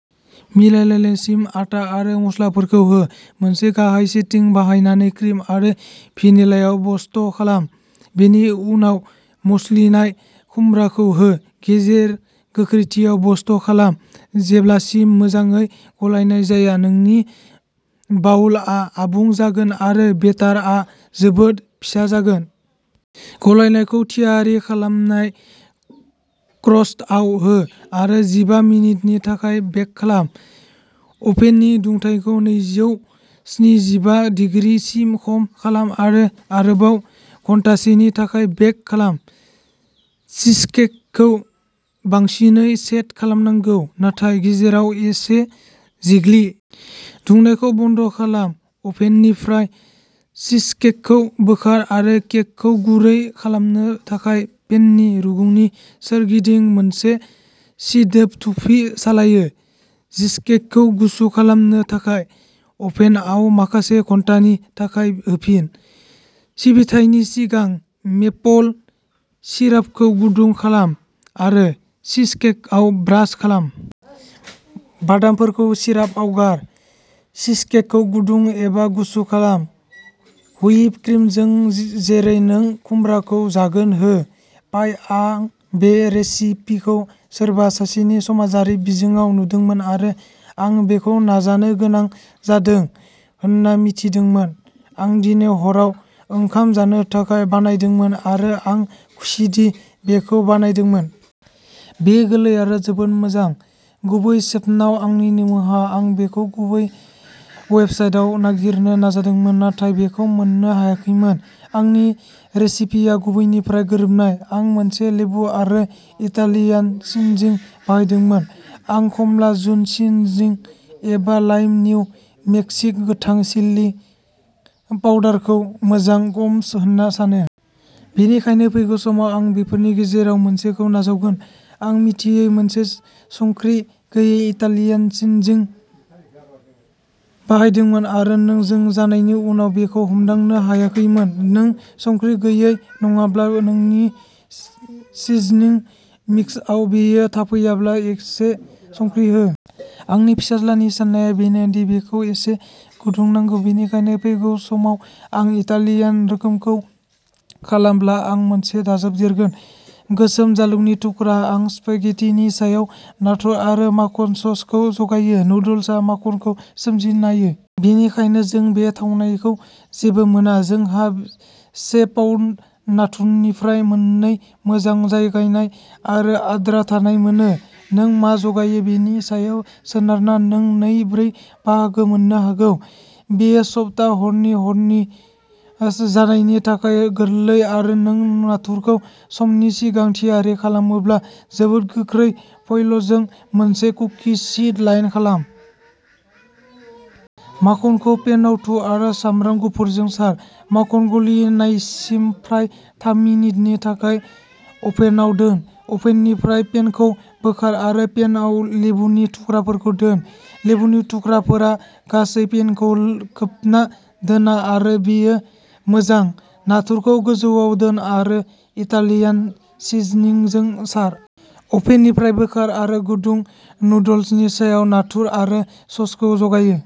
मिलायनायसिमल' आटा आरो मस्लाफोरखौ हो। मोनसे गाहाय सेटिं बाहायनानै क्रिम आरो भेनिलायाव बुस्ट खालाम। बेनि उनाव मस्लिनाय खुमब्राखौ हो। गेजेर गोख्रैथियाव बुस्ट खालाम जेब्लासिम मोजाङै गलायनाय जाया। नोंनि बाउलआ आबुं जागोन आरो बेटारआ जोबोद फिसा जागोन। गलायनायखौ थियारि खालामनाय क्रस्टआव हो आरो जिबा मिनिटनि थाखाय बेक खालाम। अभेननि दुंथायखौ नैजौ स्निजिबा दिग्रि सिम खम खालाम आरो आरोबाव घन्टासेनि थाखाय बेक खालाम। चीजकेकखौ बांसिनै सेट खालामनांगौ नाथाय गेजेराव एसे जिग्लि। दुंनायखौ बन्द खालाम। अभेननिफ्राय चीजकेकखौ बोखार आरो केकखौ गुरै खालामनो थाखाय पेननि रुगुंनि सोरगिदिं मोनसे सिदोब थुफि सालायो। चीजकेकखौ गुसु खालामनो थाखाय अभेनआव माखासे घन्टानि थाखाय होफिन। सिबिथायनि सिगां, मेपल सिरापखौ गुदुं खालाम आरो चीजकेकआव ब्रास खालाम। बादामफोरखौ सिरापआव गार। चीजकेकखौ गुदुं एबा गुसु खालाम। हुइपड क्रिमजों जेरै नों खुमब्राखौ जागोन हो। पाइ आं बे रेसिपिखौ सोरबा सासेनि समाजारि बिजोङाव नुदोंमोन आरो आं बेखौ नाजानो गोनां जादों होनना मिथिदोंमोन। आं दिनै हराव ओंखाम जानो थाखाय बानायदोंमोन आरो आं खुसिदि बेखौ बानायदोंमोन। बेयो गोरलै आरो जोबोद मोजां। गुबै सेफनाव आंनि निमाहा। आं बेखौ गुबै वेबसाइटआव नागिरनो नाजादोंमोन नाथाय बेखौ मोननो हायाखैमोन। आंनि रेसिपिया गुबैनिफ्राय गोरोबनाय। आं मोनसे लेबु आरो इटालियान सिजनिं बाहायदोंमोन। आं खमला जुन सिजनिं एबा लाइम निउ मेक्सिक' गोथां चिलि पाउडारखौबो मोजां कम्बस होनना सानो। बेनिखायनो फैगौ समाव आं बेफोरनि गेजेराव मोनसेखौ नाजावगोन। आं मिथियै मोनसे संख्रि गैयै इटालियान सिजनिं बाहायदोंमोन आरो नों जों जानायनि उनाव बेखौ हमदांनो हायाखैमोन। नों संख्रि गैयै नङाब्ला। नोंनि सिजनिं मिक्सआव बेयो थाफैयाब्ला एसे संख्रि हो। आंनि फिसाज्लानि साननाया बेनो दि बेखौ एसे गुदुं नांगौ। बेनिखायनो फैगौ समाव आं इटालियान रोखोमखौ खालामब्ला आं मोनसे दाजाबदेरगोन। गोसोम जालुगनि थुख्रा। आं स्पागेटिनि सायाव नाथुर आरो माखन ससखौ जगायो। नुडल्सआ माखनखौ सोमजिनायो। बेनिखायनो जों बे थावनायखौ जेबो मोना। जोंहा से पाउन्द नाथुरनिफ्राय मोननै मोजां जगायनाय आरो आद्रा थानाय मोनो। नों मा जगायो बेनि सायाव सोनारना नों नै-ब्रै बाहागो मोननो हागौ। बेयो सप्ता हरनि हरनि जानायनि थाखाय गोरलै आरो नों नाथुरखौ समनि सिगां थियारि खालामोब्ला जोबोद गोख्रै फयलजों मोनसे कुकि शीट लाइन खालाम। माखनखौ पेनआव थु आरो सामब्राम गुफुरजों सार। माखन गलिनायसिम फ्राय थाम मिनिटनि थाखाय अभेनआव दोन। अभेननिफ्राय पेनखौ बोखार आरो पेनआव लेबुनि थुख्राफोरखौ दोन। लेबुनि थुख्राफोरा गासै पेनखौ खोबना दोना आरो बेयो मोजां। नाथुरखौ गोजौआव दोन आरो इटालियान सिजनिंजों सार। अभेननिफ्राय बोखार आरो गुदुं नुडल्सनि सायाव नाथुर आरो ससखौ जगायो।